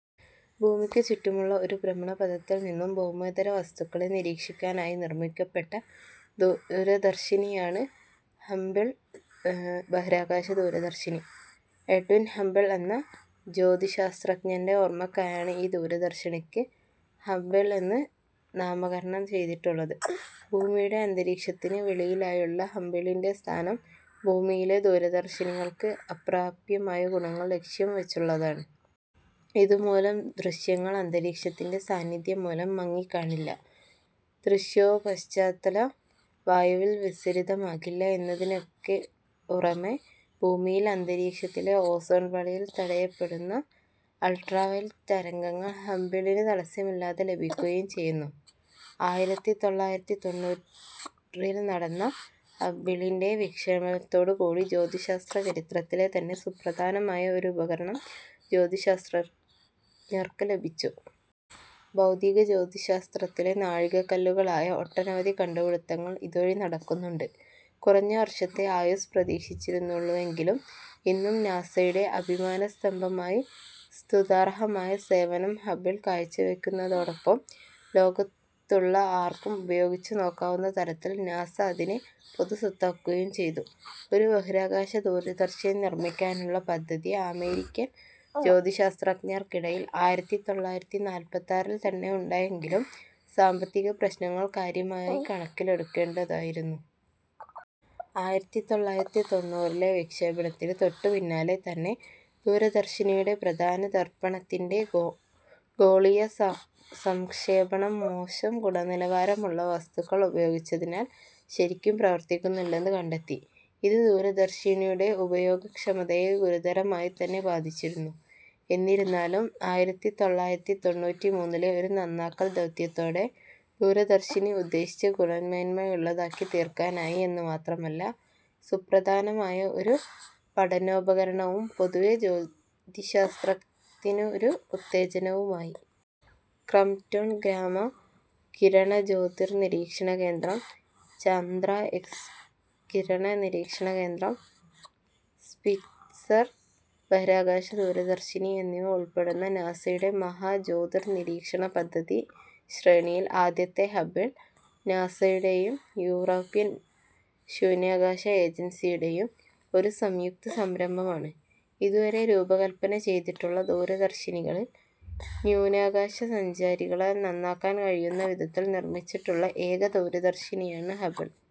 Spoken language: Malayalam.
ഭൂമിയ്ക്കു ചുറ്റുമുള്ള ഒരു ഭ്രമണപഥത്തിൽ നിന്നും ഭൗമേതര വസ്തുക്കളെ നിരീക്ഷിക്കാനായി നിർമ്മിക്കപ്പെട്ട ദൂരദർശിനിയാണ് ഹബിൾ ബഹിരാകാശ ദൂരദർശിനി. എഡ്വിൻ ഹബിൾ എന്ന ജ്യോതിശാസ്ത്രജ്ഞൻ്റെ ഓർമ്മക്കായാണ് ഈ ദൂരദർശിനിക്ക് ഹബിൾ എന്ന് നാമകരണം ചെയ്തിട്ടുള്ളത്. ഭൂമിയുടെ അന്തരീക്ഷത്തിന് വെളിയിലായുള്ള ഹബിളിൻ്റെ സ്ഥാനം ഭൂമിയിലെ ദൂരദർശിനികൾക്ക് അപ്രാപ്യമായ ഗുണങ്ങൾ ലക്ഷ്യം വച്ചുള്ളതാണ്. ഇതുമൂലം ദൃശ്യങ്ങൾ അന്തരീക്ഷത്തിൻ്റെ സാന്നിദ്ധ്യം മൂലം മങ്ങിക്കാണില്ല, ദൃശ്യപശ്ചാത്തലം വായുവിൽ വിസരിതമാകില്ല എന്നതിനൊക്കെപ്പുറമേ ഭൂമിയിൽ അന്തരീക്ഷത്തിലെ ഓസോൺ പാളിയാൽ തടയപ്പെടുന്ന അൾട്രാവയലറ്റ് തരംഗങ്ങൾ ഹബിളിന് തടസ്സമില്ലാതെ ലഭിക്കുകയും ചെയ്യുന്നു. ആയിരത്തി തൊള്ളായിരത്തി തൊണ്ണൂറിൽ നടന്ന ഹബിളിൻ്റെ വിക്ഷേപണത്തോടു കൂടി ജ്യോതിശാസ്ത്ര ചരിത്രത്തിലെ തന്നെ സുപ്രധാനമായ ഒരു ഉപകരണം ജ്യോതിശാസ്ത്രജ്ഞർക്ക് ലഭിച്ചു. ഭൗതിക ജ്യോതിശാസ്ത്രത്തിൽ നാഴികക്കല്ലുകളായ ഒട്ടനവധി കണ്ടുപിടിത്തങ്ങൾ അതുവഴി നടക്കുന്നുണ്ട്. കുറഞ്ഞ വർഷത്തെ ആയുസ്സ് പ്രതീക്ഷിച്ചിരുന്നതെങ്കിലും ഇന്നും നാസയുടെ അഭിമാനസ്തംഭമായി സ്തുത്യർഹമായ സേവനം ഹബിൾ കാഴ്ചവയ്ക്കുന്നതോടൊപ്പം ലോകത്തുള്ള ആർക്കും ഉപയോഗിച്ചു നോക്കാവുന്ന തരത്തിൽ നാസ അതിനെ പൊതുസ്വത്താക്കുകയും ചെയ്തു. ഒരു ബഹിരാകാശ ദൂരദർശിനി നിർമ്മിക്കാനുള്ള പദ്ധതി അമേരിക്കൻ ജ്യോതിശാസ്ത്രജ്ഞർക്കിടയിൽ ആയിരത്തി തൊള്ളായിരത്തി നാൽപ്പത്താറിൽ തന്നെ ഉണ്ടായെങ്കിലും സാമ്പത്തിക പ്രശ്നങ്ങൾ കാര്യമായി കണക്കിലെടുക്കേണ്ടതുണ്ടായിരുന്നു. ആയിരത്തി തൊള്ളായിരത്തി തൊണ്ണൂറിലെ വിക്ഷേപണത്തിന് തൊട്ടുപിന്നാലെ തന്നെ ദൂരദർശിനിയുടെ പ്രധാന ദർപ്പണത്തിൻ്റെ ഗോളീയ സംക്ഷേപണം മോശം ഗുണനിലവാരമുള്ള വസ്തുക്കൾ ഉപയോഗിച്ചതിനാൽ ശരിക്കും പ്രവർത്തിക്കുന്നില്ലെന്ന് കണ്ടെത്തി. ഇത് ദൂരദർശിനിയുടെ ഉപയോഗക്ഷമതയെ ഗുരുതരമായി തന്നെ ബാധിച്ചിരുന്നു. എന്നിരുന്നാലും ആയിരത്തി തൊള്ളായിരത്തി തൊണ്ണൂറ്റിമൂന്നിലെ ഒരു നന്നാക്കൽ ദൗത്യത്തോടെ ദൂരദർശിനി ഉദ്ദേശിച്ച ഗുണമേന്മയുള്ളതാക്കി തീർക്കാനായി എന്ന് മാത്രമല്ല സുപ്രധാനമായ ഒരു പഠനോപകരണവും പൊതുവേ ജ്യോതിശാസ്ത്രത്തിനൊരു ഉത്തേജനവുമായി. ക്രോംപ്റ്റൺ ഗാമാ കിരണ ജ്യോതിർനിരീക്ഷണ കേന്ദ്രം, ചന്ദ്രാ എക്സ്-കിരണ നിരീക്ഷണ കേന്ദ്രം, സ്പിറ്റ്സർ ബഹിരാകാശ ദൂരദർശിനി എന്നിവ ഉൾപ്പെടുന്ന നാസയുടെ മഹാ ജ്യോതിർനിരീക്ഷണ പദ്ധതി ശ്രേണിയിൽ ആദ്യത്തേതായ ഹബിൾ, നാസയുടെയും യൂറോപ്യൻ ശൂന്യാകാശ ഏജൻസിയുടെയ ഒരു സംയുക്ത സംരംഭമാണ്. ഇതുവരെ രൂപകല്പന ചെയ്തിട്ടുള്ള ദൂരദർശിനികളിൽ ശൂന്യാകാശ സഞ്ചാരികളാൽ നന്നാക്കാൻ കഴിയുന്ന വിധത്തിൽ നിർമ്മിച്ചിട്ടുള്ള ഏക ദൂരദർശിനിയാണ് ഹബിൾ.